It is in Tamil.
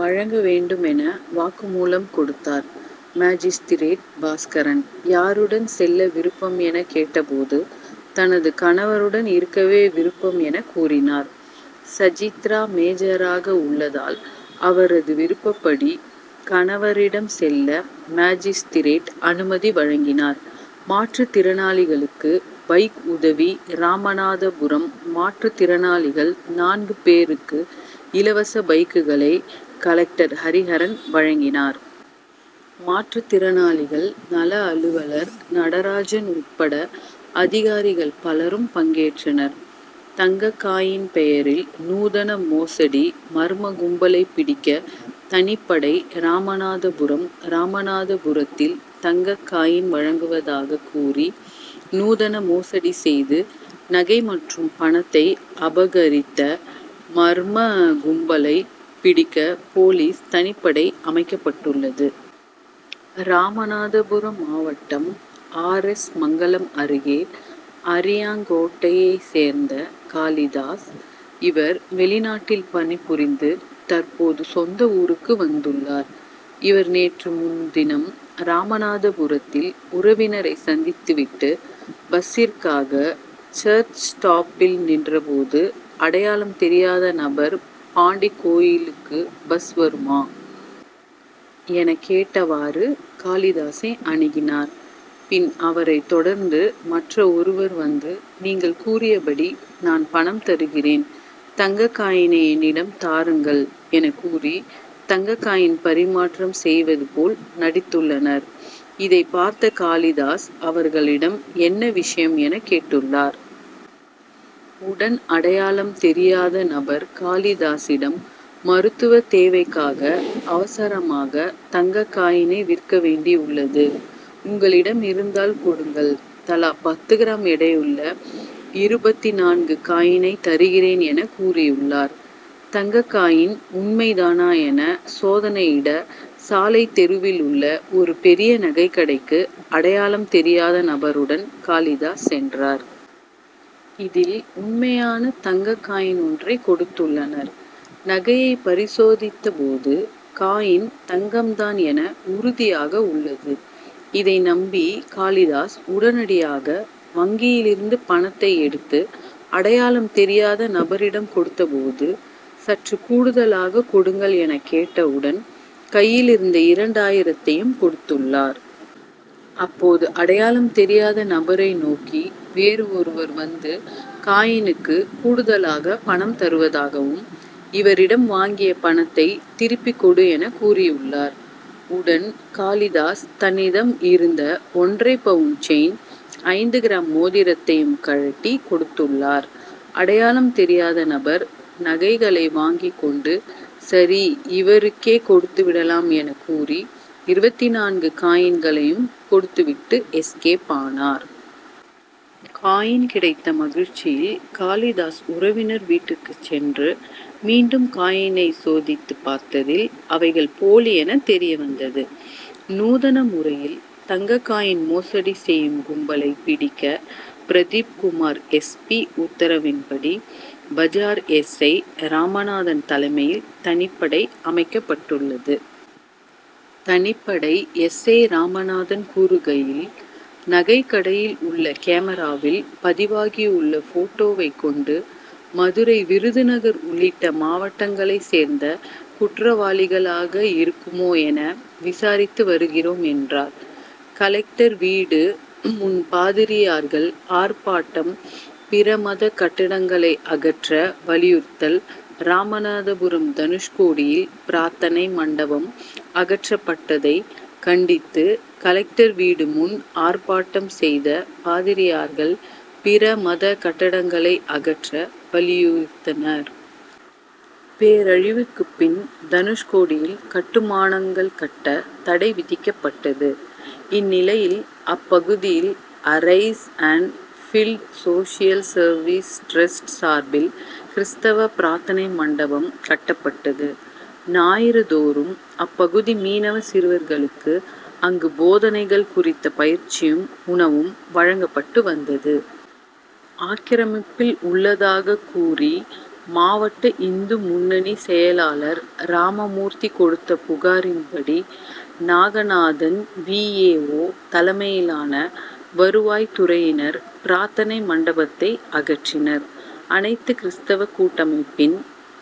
வழங்க வேண்டும் என வாக்குமூலம் கொடுத் தார். மாஜிஸ்திரேட் பாஸ்கரன் யாருடன் செல்ல விருப்பம் என கேட்டபோது தனது கணவருடன் இருக்கவே விருப்பம் என, கூறினார். சசித்ரா மேஜராக உள்ளதால் அவரது விருப்பபடி கணவரிடம் செல்ல மாஜிஸ்திரேட் அனுமதி வழங்கினார். மாற்று திறனாளிகளுக்கு பைக் உதவி ராமநாதபுரம் மாற்று திறனாளிகள் நான்கு பேருக்கு இலவச பைக்குகளை கலெக்டர் ஹரிஹரன் வழங்கினார். மாற்று திறனாளிகள் நலஅலுவலர் நடராஜன் உட்பட அதிகாரிகள் பலரும் பங்கேற்றனர். தங்க காயின் பெயரில் நூதன மோசடிமர்ம கும்பலை பிடிக்க தனிப்படை ராமநாதபுரம் ராமநாதபுரத்தில் தங்க காயின் வழங்குவதாக கூறி நூதன மோசடி செய்து நகை மற்றும் பணத்தை அபகரித்தழ மர்ம கும்பலை பிடிக்க போலீஸ் தனிப்படை அமைக்கப் பட்டுள்ளது. ராமநாதபுரம் மாவட்டம் ஆர். எஸ். மங்கலம் அருகே அரியாங்கோட்டையை சேர்ந்த காளிதாஸ். இவர் வெளிநாட்டில் பணிபுரிந்து தற்போது சொந்த ஊருக்கு வந்துள்ளார். இவர் நேற்றுமுன்தினம் ராமநாதபுரத்தில் உறவினரை சந்தித்து விட்டு பஸ்சிற்காக சர்ச் ஸ்டாப்பில் நின்ற போது அடையாளம் தெரியாத நபர் பாண்டி கோயிலுக்கு பஸ் வருமா? என கேட்டவாறு காளிதாசை அணுகினார். பின் அவரை தொடர்ந்து மற்ற ஒருவர் வந்து நீங்கள் கூறியபடி நான் பணம் தருகிறேன், தங்க காயினை என்னிடம் தாருங்கள் என கூறி தங்க காயின் பறிமாற்றம் செய் வது போல் நடித்துள்ளனர். இதை பார்த்த காளிதாஸ் அவர்களிடம் என்ன விஷயம் என கேட்டுள்ளார். உடன் அடையாளம் தெரியாத நபர் காளிதாசிடம் மருத்துவ தேவைக்காக அவசரமாக தங்க காயினை விற்க வேண்டியுள்ளது. உங்களிடம் இருந்தால் கொடுங்கள் தலா பத்து கிராம் எடையுள்ள இருபத்து நான்கு காயினை தருகிறேன் என கூறியுள்ளார். தங்ககாயின் உண்மைதானா என சோதனையிட சாலை தெருவில் உள்ள ஒரு பெரிய நகை கடைக்கு அடையாளம் தெரியாத நபருடன் காளிதாஸ் சென்றார். இதில் உண்மையான தங்க காயின் ஒன்றை கொடுத்துள்ளனர். நகையை பரிசோதித்தபோது காயின் தங்கம்தான் என உறுதியாகி உள்ளது. இதை நம்பி காளிதாஸ் உடனடியாக வங்கியிலிருந்து பணத்தை எடுத்து அடையாளம் தெரியாத நபரிடம் கொடுத்தபோது சற்று கூடுதலாக கொடுங் கள் என கேட்டவுடன் கையிலிருந்த இரண்டாயிரத்தையும் கொடுத்துள்ளார். அப்போது அடையாளம் தெரியாத நபரை நோக்கி வேறு ஒருவர் வந்து காயினுக்கு கூடுதலாக பணம் தருவதாகவும், இவரிடம் வாங்கிய பணத்தை திருப்பி கொடு என கூறியுள்ளார். உடன் காளிதாஸ் தன்னிடம் இருந்த ஒன்றரை பவுன் செயின், ஐந்து கிராம் மோதிரத்தையும் கழட்டி கொடுத்துள்ளார். அடையாளம் தெரியாதநபர் நகைகளை வாங்கி கொண்டு சரி இவருக்கே கொடுத்துவிடலாம் என கூறி இருபத்தி நான்கு காயின்களையும் கொடுத்துவிட்டு எஸ்கேப் ஆனார். காயின் கிடைத்த மகிழ்ச்சியில் காளிதாஸ் உறவினர் வீட்டிற்கு சென்று மீண்டும் காயினை சோதித்து பார்த்ததில் அவைகள் போலி என தெரியவந்தது. நூதன முறையில் தங்க காயின் மோசடி செய்யும் கும் பலை பிடிக்க பிரதீப்குமார் எஸ். பி., உத்தரவின் படி பஜார் எஸ். ஐ.,ராமநாதன் தலைமையில் தனிப்படை அமைக்கப் பட்டுள்ளது. தனிப்படை எஸ். ஐ., ராமநாதன் கூறுகையில் நகை கடையில் உள்ள கேமராவில் பதிவாகியுள்ள போட்டோவை கொண்டு மதுரை, விருதுநகர் உள்ளிட்ட மாவட்டங் களை சேர்ந்த குற்றவாளிகளாக இருக்குமோ என விசாரித்து வருகிறோம் என்றார். கலெக்டர் வீடு முன் பாதிரியார்கள் ஆர்ப்பாட்டம் பிறமத கட்டடங்களை அகற்ற வலியுறுத்தல் ராமநாதபுரம் தனுஷ்கோடியில் பிரார்த்தனை மண்டபம் அகற்றப்பட்டதை கண் டித்து கலெக்டர் வீடு முன் ஆர்ப்பாட்டம் செய்த பாதிரியார்கள், பிற மத கட்டடங்களை அகற்ற, வலியுறுத்தினர். பேரழிவுக்கு பின் தனுஷ்கோடியில் கட்டுமானங்கள் கட்ட தடை விதிக்கப்பட்டது. இந்நிலையில், அப்பகுதியில் arise and build social service trust' சார்பில் கிறிஸ்தவ பிரார்த் தனை மண்டபம் கட்டப் பட்டது. ஞாயிறு தோறும் அப்பகுதி மீனவ சிறுவர்களுக்கு அங்கு போதனைகள் குறித்த பயிற்சியும், உணவும் வழங்கப்பட்டு வந்தது. ஆக்கிரமிப்பில் உள்ளதாக கூறி மாவட்ட இந்து முன்னணி செயலாளர் ராமமூர்த்தி கொடுத்த புகாரின் படி, நாகநாதன் வி. ஏ. ஓ., தலைமையிலான வருவாய் துறையினர் பிரார்த் தனை மண்டபத்தை அகற்றினர். அனைத்து கிறிஸ்தவ கூட்டமைப்பின்